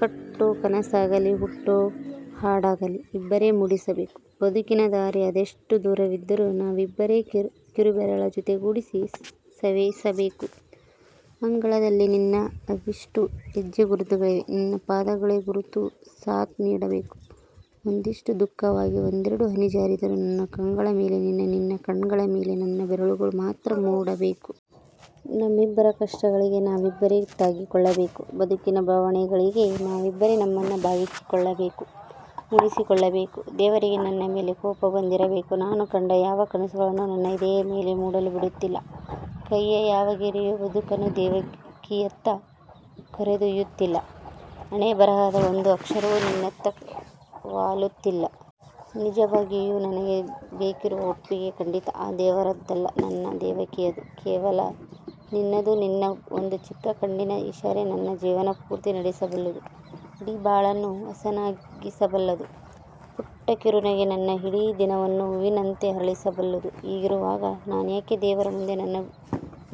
ಕಟ್ಟೋ ಕನಸಾಗಲಿ ಹುಟ್ಟೋ ಹಾಡಾಗಲಿ ಇಬ್ಬರೇ ಮೂಡಿಸಬೇಕು. ಬದುಕಿನ ದಾರಿ ಅದೆಷ್ಟು ದೂರವಿದ್ದರೂ ನಾವಿಬ್ಬರೇ ಕಿರುಬೆರಳ ಜೊತೆಗೂಡಿಸಿ ಸವೆಸಬೇಕು. ಅಂಗಳದಲಿ ನಿನ್ನ ಅವಿಷ್ಟೂ ಹೆಜ್ಜೆಗುರುತುಗಳಿಗೆ ನನ್ನ ಪಾದಗುರುತೇ ಸಾಥ್ ನೀಡಬೇಕು. ಒಂದಿಷ್ಟು ದುಃಖವಾಗಿ ಒಂದೆರಡು ಹನಿ ಜಾರಿದರೂ ನನ್ನ ಕಂಗಳ ಮೇಲೆ ನಿನ್ನ, ನಿನ್ನ ಕಂಗಳ ಮೇಲೆ ನನ್ನ ಬೆರಳುಗಳು ಮಾತ್ರ ಮೂಡಬೇಕು. ನಮ್ಮಿಬ್ಬರ ಕಷ್ಟಗಳಿಗೆ ನಾವಿಬ್ಬರೇ ತಾಗಿಕೊಳ್ಳಬೇಕು. ಬದುಕಿನ ಬವಣೆಗಳಿಗೆ ನಾವಿಬ್ಬರೆ ನಮ್ಮನ್ನ ಭಾಗಿಸಿಕೊಳ್ಳಬೇಕು; ಗುಣಿಸಿಕೊಳ್ಳಬೇಕು. ದೇವರಿಗೆ ನನ್ನ ಮೇಲೆ ಕೋಪ ಬಂದಿರಬೇಕು. ನಾನು ಕಂಡ ಯಾವ ಕನಸುಗಳನ್ನು ನನ್ನ ಎದೆಯ ಮೇಲೆ ಮೂಡಲು ಬಿಡುತ್ತಿಲ್ಲ. ಕೈಯ್ಯ ಯಾವ ಗೆರೆಯೂ ಬದುಕನ್ನು ದೇವಕಿಯತ್ತ ಕರೆದೊಯ್ಯುತ್ತಿಲ್ಲ. ಹಣೆಯಬರಹದ ಒಂದು ಅಕ್ಷರವೂ ನಿನ್ನತ್ತ ವಾಲುತ್ತಿಲ್ಲ. ನಿಜವಾಗಿಯೂ ನನಗೆ ಬೇಕಿರುವ ಒಪ್ಪಿಗೆ ಖಂಡಿತಾ ಆ ದೇವರದ್ದಲ್ಲ. ನನ್ನ ದೇವಕಿಯದು. ಕೇವಲ ನಿನ್ನದು. ನಿನ್ನ ಒಂದು ಚಿಕ್ಕ ಕಣ್ಣಿನ ಇಷಾರೆ ನನ್ನ ಜೀವನಪೂರ್ತಿ ನಡೆಸಬಲ್ಲುದು, ಇಡೀ ಬಾಳನ್ನು ಹಸನಾಗಿಸಬಲ್ಲದು. ಪುಟ್ಟ ಕಿರುನಗೆ ನನ್ನ ಇಡೀ ದಿನವನ್ನು ಹೂವಿನಂತೆ ಅರಳಿಸಬಲ್ಲುದು. ಹೀಗಿರುವಾಗ ನಾನ್ಯಾಕೆ ದೇವರ ಮುಂದೆ ನನ್ನ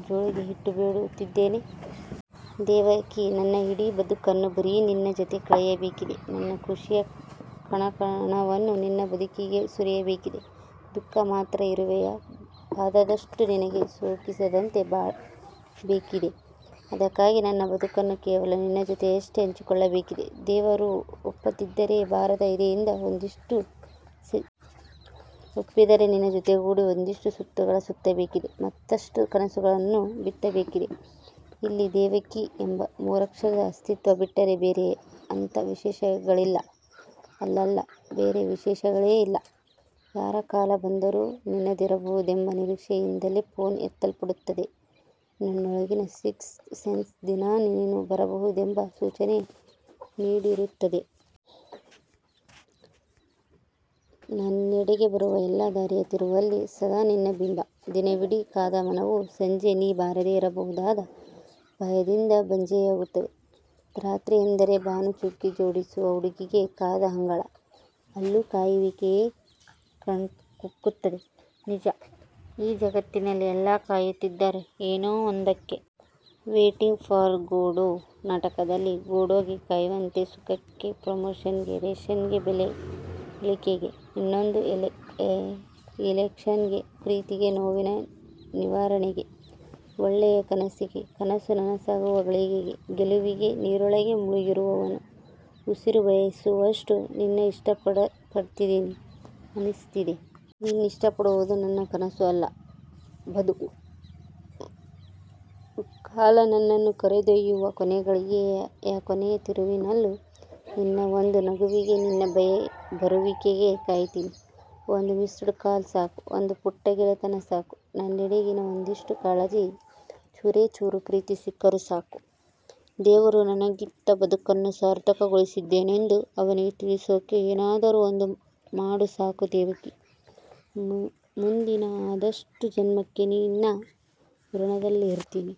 ಜೋಳಿಗೆ ಇಟ್ಟು ಬೇಡುತ್ತಿದ್ದೇನೆ? ದೇವಕೀ, ನನ್ನ ಇಡೀ ಬದುಕನ್ನು ಬರೀ ನಿನ್ನ ಜತೆ ಕಳೆಯಬೇಕಿದೆ. ನನ್ನ ಖುಷಿಯ ಕಣಕಣವನ್ನೂ ನಿನ್ನ ಬದುಕಿಗೆ ಸುರಿಯಬೇಕಿದೆ, ದುಃಖ ಮಾತ್ರ ಇರುವೆಯ ಪಾದದಷ್ಟೂ ನಿನಗೆ ಸೋಕಿಸದಂತೆ ಬಾಳಬೇಕಿದೆ. ಅದಕ್ಕಾಗಿ ನನ್ನ ಬದುಕನ್ನು ಕೇವಲ ನಿನ್ನ ಜತೆಯಷ್ಟೇ ಹಂಚಿಕೊಳ್ಳಬೇಕಿದೆ. ದೇವರು ಒಪ್ಪದಿದ್ದರೇ ಭಾರವಾದ ಎದೆಯಿಂದ ಒಂದಿಷ್ಟು ಶಪಿಸಬೇಕಿದೆ. ಒಪ್ಪಿದರೆ ನಿನ್ನ ಜೊತೆಗೂಡಿ ಒಂದಿಷ್ಟು ಸುತ್ತುಗಳ ಸುತ್ತಬೇಕಿದೆ. ಮತ್ತಷ್ಟು ಕನಸುಗಳನ್ನು ಬಿತ್ತಬೇಕಿದೆ. ಇಲ್ಲಿ ದೇವಕಿ ಎಂಬ ಮೂರಕ್ಷರದ ಅಸ್ತಿತ್ವ ಬಿಟ್ಟರೆ ಬೇರೆ ಅಂಥಾ ವಿಶೇಷಗಳಿಲ್ಲ. ಅಲ್ಲಲ್ಲ, ಬೇರೆ ವಿಶೇಷಗಳೇ ಇಲ್ಲ. ಯಾರ ಕಾಲ್ ಬಂದರೂ ನಿನ್ನದಿರಬಹುದೆಂಬ ನಿರೀಕ್ಷೆಯಿಂದಲೇ ಫೋನ್ ಎತ್ತಲ್ಪಡುತ್ತದೆ. ನನ್ನೊಳಗಿನ ಸಿಕ್ತ್ ಸೆನ್ಸ್ ದಿನಾ ನೀನು ಬರಬಹುದೆಂಬ ಸೂಚನೆ ನೀಡುತ್ತಿರುತ್ತದೆ. ನನ್ನೆಡೆಗೆ ಬರುವ ಎಲ್ಲಾ ದಾರಿಯ ತಿರುವಲ್ಲಿ ಸದಾ ನಿನ್ನ ಬಿಂಬ. ದಿನವಿಡೀ ಕಾದ ಮನವು ಸಂಜೆ ನೀ ಬಾರದೇ ಇರಬಹುದಾದ ಭಯದಿಂದ ಬಂಜೆಯಾಗುತ್ತದೆ. ರಾತ್ರಿಯೆಂದರೆ ಬಾನು ಚುಕ್ಕಿ ಜೋಡಿಸುವ ಹುಡುಗಿಗೆ ಕಾದ ಅಂಗಳ. ಅಲ್ಲೂ ಕಾಯುವಿಕೆಯೇ ಕಣ್ಕುಕ್ಕುತ್ತದೆ. ನಿಜ, ಈ ಜಗತ್ತಿನಲ್ಲಿ ಎಲ್ಲಾ ಕಾಯುತ್ತಿದ್ದಾರೆ, ಏನೋ ಒಂದಕ್ಕೆ. ವೈಟಿಂಗ್ ಫಾರ್ ಗೋಡೋ ನಾಟಕದಲ್ಲಿ ಗೋಡೋ ಗೆ ಕಾಯ್ವಂತೆ. ಸುಖಕ್ಕೆ, ಪ್ರಮೋಶನ್ ಗೆ, ರೇಶನ್ ಗೆ, ಬೆಲೆ ಇಳಿಕೆಗೆ, ಇನ್ನೊಂದು ಇಲೆಕ್ಷನ್ ಗೆ, ಪ್ರೀತಿಗೆ, ನೋವಿನ ನಿವಾರಣೆಗೆ, ಒಳ್ಳೆಯ ಕನಸಿಗೆ, ಕನಸು ನನಸಾಗುವ ಘಳಿಗೆಗೆ, ಗೆಲುವಿಗೆ.. ನೀರೊಳಗೆ ಮುಳುಗಿರುವವನು ಉಸಿರು ಬಯಸುವಷ್ಟು ನಿನ್ನ ಇಷ್ಟಪಡ್ತಿದೀನಿ ಅನ್ನಿಸ್ತಿದೆ. ನಿನ್ನ ಇಷ್ಟಪಡುವುದು ನನ್ನ ಕನಸು ಅಲ್ಲ, ಬದುಕು. ಕಾಲ ನನ್ನನು ಕರೆದೊಯ್ಯುವ ಕೊನೆ ಘಳಿಗೆಯ ಕೊನೆಯ ತಿರುವಿನಲ್ಲೂ ನಿನ್ನ ಒಂದು ನಗುವಿಗೆ, ನಿನ್ನ ಬರುವಿಕೆಗೆ ಕಾಯ್ತೀನಿ. ಒಂದು ಮಿಸ್ಡ್ ಕಾಲ್ ಸಾಕು. ಒಂದು ಪುಟ್ಟ ಗೆಳೆತನ ಸಾಕು. ನನ್ನೆಡೆಗಿನ ಒಂದಿಷ್ಟು ಕಾಳಜಿ, ಚೂರೇ ಚೂರು ಪ್ರೀತಿ ಸಿಕ್ಕರೂ ಸಾಕು, ದೇವರು ನನಗಿತ್ತ ಬದುಕನ್ನು ಸಾರ್ಥಕಗೊಳಿಸಿದ್ದೇನೆಂದು ಅವನಿಗೆ ತಿಳಿಸೋಕೆ ಏನಾದರೂ ಒಂದು ಮಾಡು ಸಾಕು ದೇವಕಿ. ಮುಂದಿನ ಅದಷ್ಟೂ ಜನ್ಮಕ್ಕೆ ನಿನ್ನ ಋಣದಲ್ಲಿರ್ತೀನಿ.